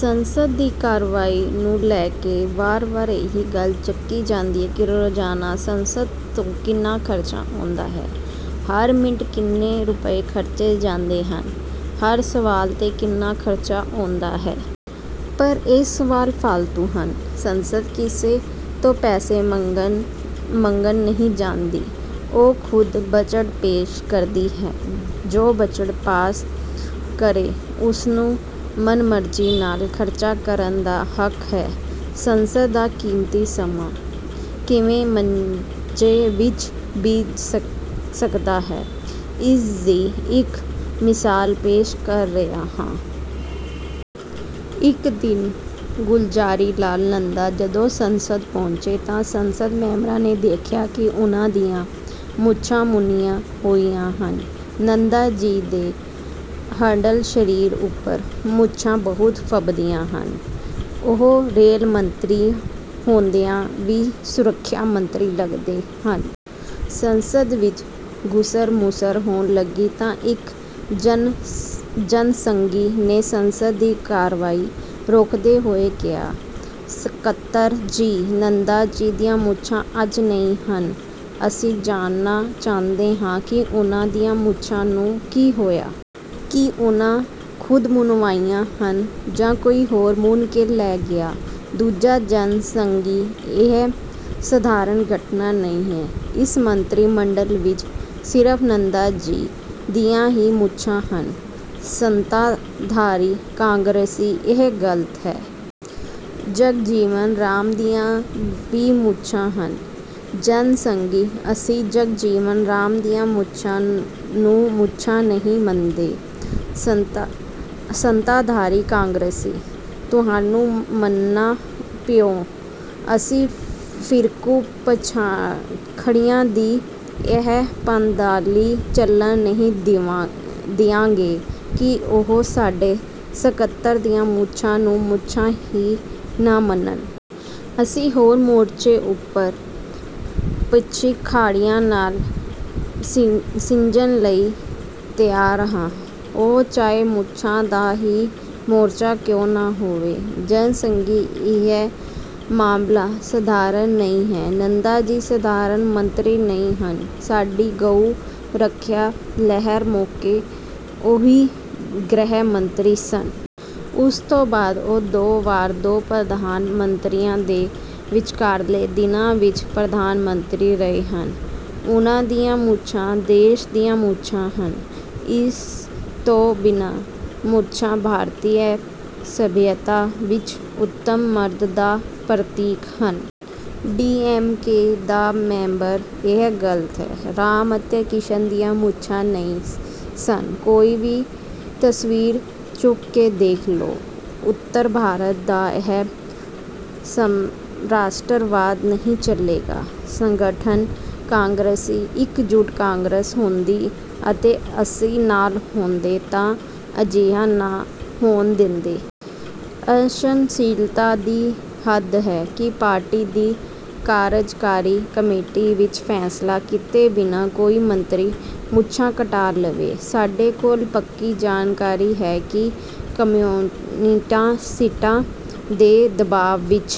ਸੰਸਦ ਦੀ ਕਾਰਵਾਈ ਨੂੰ ਲੈ ਕੇ ਵਾਰ-ਵਾਰ ਇਹੋ ਗੱਲ ਚੱਕੀ ਜਾਂਦੀ ਹੈ ਕਿ ਰੋਜ਼ਾਨਾ ਸੰਸਦ 'ਤੇ ਕਿੰਨਾ ਖਰਚਾ ਆਉਂਦਾ ਹੈ? ਹਰ ਮਿੰਟ ਕਿੰਨੇ ਰੁਪਏ ਖਰਚੇ ਜਾਂਦੇ ਹਨ? ਹਰ ਸਵਾਲ 'ਤੇ ਕਿੰਨਾ ਖਰਚਾ ਆਉਂਦਾ ਹੈ? ਪਰ ਇਹ ਸਵਾਲ ਫਾਲਤੂ ਹਨ। ਸੰਸਦ ਕਿਸੇ ਤੋਂ ਪੈਸੇ ਮੰਗਣ ਨਹੀਂ ਜਾਂਦੀ। ਉਹ ਖੁਦ ਬਜਟ ਪੇਸ਼ ਕਰਦੀ ਹੈ। ਜੋ ਬਜਟ ਪਾਸ ਕਰੇ, ਉਹਨੂੰ ਮਨਮਰਜ਼ੀ ਨਾਲ ਖਰਚਾ ਕਰਨ ਦਾ ਹੱਕ ਹੈ। ਸੰਸਦ ਦਾ ਕੀਮਤੀ ਸਮਾਂ ਕਿਵੇਂ ਮਜ਼ੇ ਵਿੱਚ ਬੀਤ ਸਕਦਾ ਹੈ ਇਸ ਦੀ ਇੱਕ ਮਿਸਾਲ ਪੇਸ਼ ਕਰ ਰਿਹਾ ਹਾਂ। ਇੱਕ ਦਿਨ ਗੁਲਜ਼ਾਰੀਲਾਲ ਨੰਦਾ ਜਦੋਂ ਸੰਸਦ ਪਹੁੰਚੇ ਤਾਂ ਸੰਸਦ ਮੈਂਬਰਾਂ ਨੇ ਦੇਖਿਆ ਕਿ ਉਹਨਾਂ ਦੀਆਂ ਮੁੱਛਾਂ ਮੁੰਨੀਆਂ ਹੋਈਆਂ ਹਨ। ਨੰਦਾ ਜੀ ਦੇ ਹੱਡਲ ਸਰੀਰ ਉੱਪਰ ਮੁੱਛਾਂ ਬਹੁਤ ਫੱਬਦੀਆਂ ਹਨ। ਉਹ ਰੇਲ ਮੰਤਰੀ ਹੁੰਦਿਆਂ ਵੀ ਸੁਰੱਖਿਆ ਮੰਤਰੀ ਲਗਦੇ ਹਨ। ਸੰਸਦ ਵਿੱਚ ਘੁਸਰ-ਮੁਸਰ ਹੋਣ ਲੱਗੀ ਤਾਂ ਇੱਕ ਜਨਸੰਘੀ ਨੇ ਸੰਸਦ ਦੀ ਕਾਰਵਾਈ ਰੋਕਦੇ ਹੋਏ ਕਿਹਾ, "ਸਕੱਤਰ ਜੀ, ਨੰਦਾ ਜੀ ਦੀਆਂ ਮੁੱਛਾਂ ਅੱਜ ਨਹੀਂ ਹਨ। ਅਸੀਂ ਜਾਣਨਾ ਚਾਹੁੰਦੇ ਹਾਂ ਕਿ ਉਹਨਾਂ ਦੀਆਂ ਮੁੱਛਾਂ ਨੂੰ ਕੀ ਹੋਇਆ? ਕੀ ਉਹਨਾਂ ਖੁਦ ਮੁੰਨੀਆਂ ਹਨ ਜਾਂ ਕੋਈ ਹੋਰ ਮੁੰਨ ਕੇ ਲੈ ਗਿਆ?" ਦੂਜਾ ਜਨ ਸੰਘੀ, "ਇਹ ਸਧਾਰਨ ਘਟਨਾ ਨਹੀਂ ਹੈ। ਇਸ ਮੰਤਰੀ ਮੰਡਲ ਵਿੱਚ ਸਿਰਫ ਨੰਦਾ ਜੀ ਦੀਆਂ ਹੀ ਮੁੱਛਾਂ ਹਨ।" ਸੱਤਾਧਾਰੀ ਕਾਂਗਰਸੀ, "ਇਹ ਗਲਤ ਹੈ। ਜਗਜੀਵਨ ਰਾਮ ਦੀਆਂ ਵੀ ਮੁੱਛਾਂ ਹਨ।" ਜਨਸੰਘੀ, "ਅਸੀਂ ਜਗਜੀਵਨ ਰਾਮ ਦੀਆਂ ਮੁੱਛਾਂ ਨੂੰ ਮੁੱਛਾਂ ਨਹੀਂ ਮੰਨਦੇ।" ਸੱਤਾਧਾਰੀ ਕਾਂਗਰਸੀ, "ਤੁਹਾਨੂੰ ਮੰਨਣਾ ਪਊ। ਅਸੀਂ ਫਿਰਕੂ ਪਿਛਾਖੜੀਆਂ ਦੀ ਇਹ ਧਾਂਦਲੀ ਚੱਲਣ ਨਹੀਂ ਦਿਆਂਗੇ ਕਿ ਉਹ ਸਾਡੇ ਸਕੱਤਰ ਦੀਆਂ ਮੁੱਛਾਂ ਨੂੰ ਮੁੱਛਾਂ ਹੀ ਨਾ ਮੰਨਣ। ਅਸੀਂ ਹਰ ਮੋਰਚੇ ਉੱਪਰ ਪਿਛਾਖੜੀਆਂ ਨਾਲ ਸਿੱਝਣ ਲਈ ਤਿਆਰ ਹਾਂ ਉਹ ਚਾਹੇ ਮੁੱਛਾਂ ਦਾ ਹੀ ਮੋਰਚਾ ਕਿਉਂ ਨਾ ਹੋਵੇ।" ਜਨਸੰਘੀ, "ਇਹ ਮਾਮਲਾ ਸਧਾਰਨ ਨਹੀਂ ਹੈ। ਨੰਦਾ ਜੀ ਸਧਾਰਨ ਮੰਤਰੀ ਨਹੀਂ ਹਨ। ਸਾਡੀ ਗਊ ਰੱਖਿਆ ਲਹਿਰ ਮੌਕੇ ਉਹੀ ਗ੍ਰਹਿ ਮੰਤਰੀ ਸਨ। ਉਸ ਤੋਂ ਬਾਅਦ ਉਹ ਦੋ ਵਾਰ ਦੋ ਪ੍ਰਧਾਨ ਮੰਤਰੀਆਂ ਦੇ ਵਿਚਕਾਰਲੇ ਦਿਨਾਂ ਵਿੱਚ ਪ੍ਰਧਾਨ ਮੰਤਰੀ ਰਹੇ ਹਨ। ਉਹਨਾਂ ਦੀਆਂ ਮੁੱਛਾਂ ਦੇਸ਼ ਦੀਆਂ ਮੁੱਛਾਂ ਹਨ। ਇਸ ਤੋਂ ਬਿਨਾਂ ਮੁੱਛਾਂ ਭਾਰਤੀ ਸੱਭਿਅਤਾ ਵਿੱਚ ਉੱਤਮ ਮਰਦ ਦਾ ਪ੍ਰਤੀਕ ਹਨ।" ਡੀ. ਐਮ. ਕੇ. ਦਾ ਮੈਂਬਰ, "ਇਹ ਗਲਤ ਹੈ। ਰਾਮ ਅਤੇ ਕ੍ਰਿਸ਼ਨ ਦੀਆਂ ਮੁੱਛਾਂ ਨਹੀਂ ਸਨ। ਕੋਈ ਵੀ ਤਸਵੀਰ ਚੁੱਕ ਕੇ ਦੇਖ ਲਉ। ਉੱਤਰ ਭਾਰਤ ਦਾ ਇਹ ਸਾਮਰਾਜਵਾਦ ਨਹੀਂ ਚੱਲੇਗਾ।" ਸੰਗਠਨ ਕਾਂਗਰਸੀ, "ਇੱਕਜੁੱਟ ਕਾਂਗਰਸ ਹੁੰਦੀ ਅਤੇ ਅਸੀਂ ਨਾਲ ਹੁੰਦੇ ਤਾਂ ਅਜਿਹਾ ਨਾ ਹੋਣ ਦਿੰਦੇ। ਅਸਹਿਣਸ਼ੀਲਤਾ ਦੀ ਹੱਦ ਹੈ ਕਿ ਪਾਰਟੀ ਦੀ ਕਾਰਜਕਾਰੀ ਕਮੇਟੀ ਵਿੱਚ ਫੈਸਲਾ ਕੀਤੇ ਬਿਨਾਂ ਕੋਈ ਮੰਤਰੀ ਮੁੱਛਾਂ ਕਟਾ ਲਵੇ। ਸਾਡੇ ਕੋਲ ਪੱਕੀ ਜਾਣਕਾਰੀ ਹੈ ਕਿ ਕਮਿਊਨਿਸਟਾਂ ਦੇ ਦਬਾਅ ਵਿੱਚ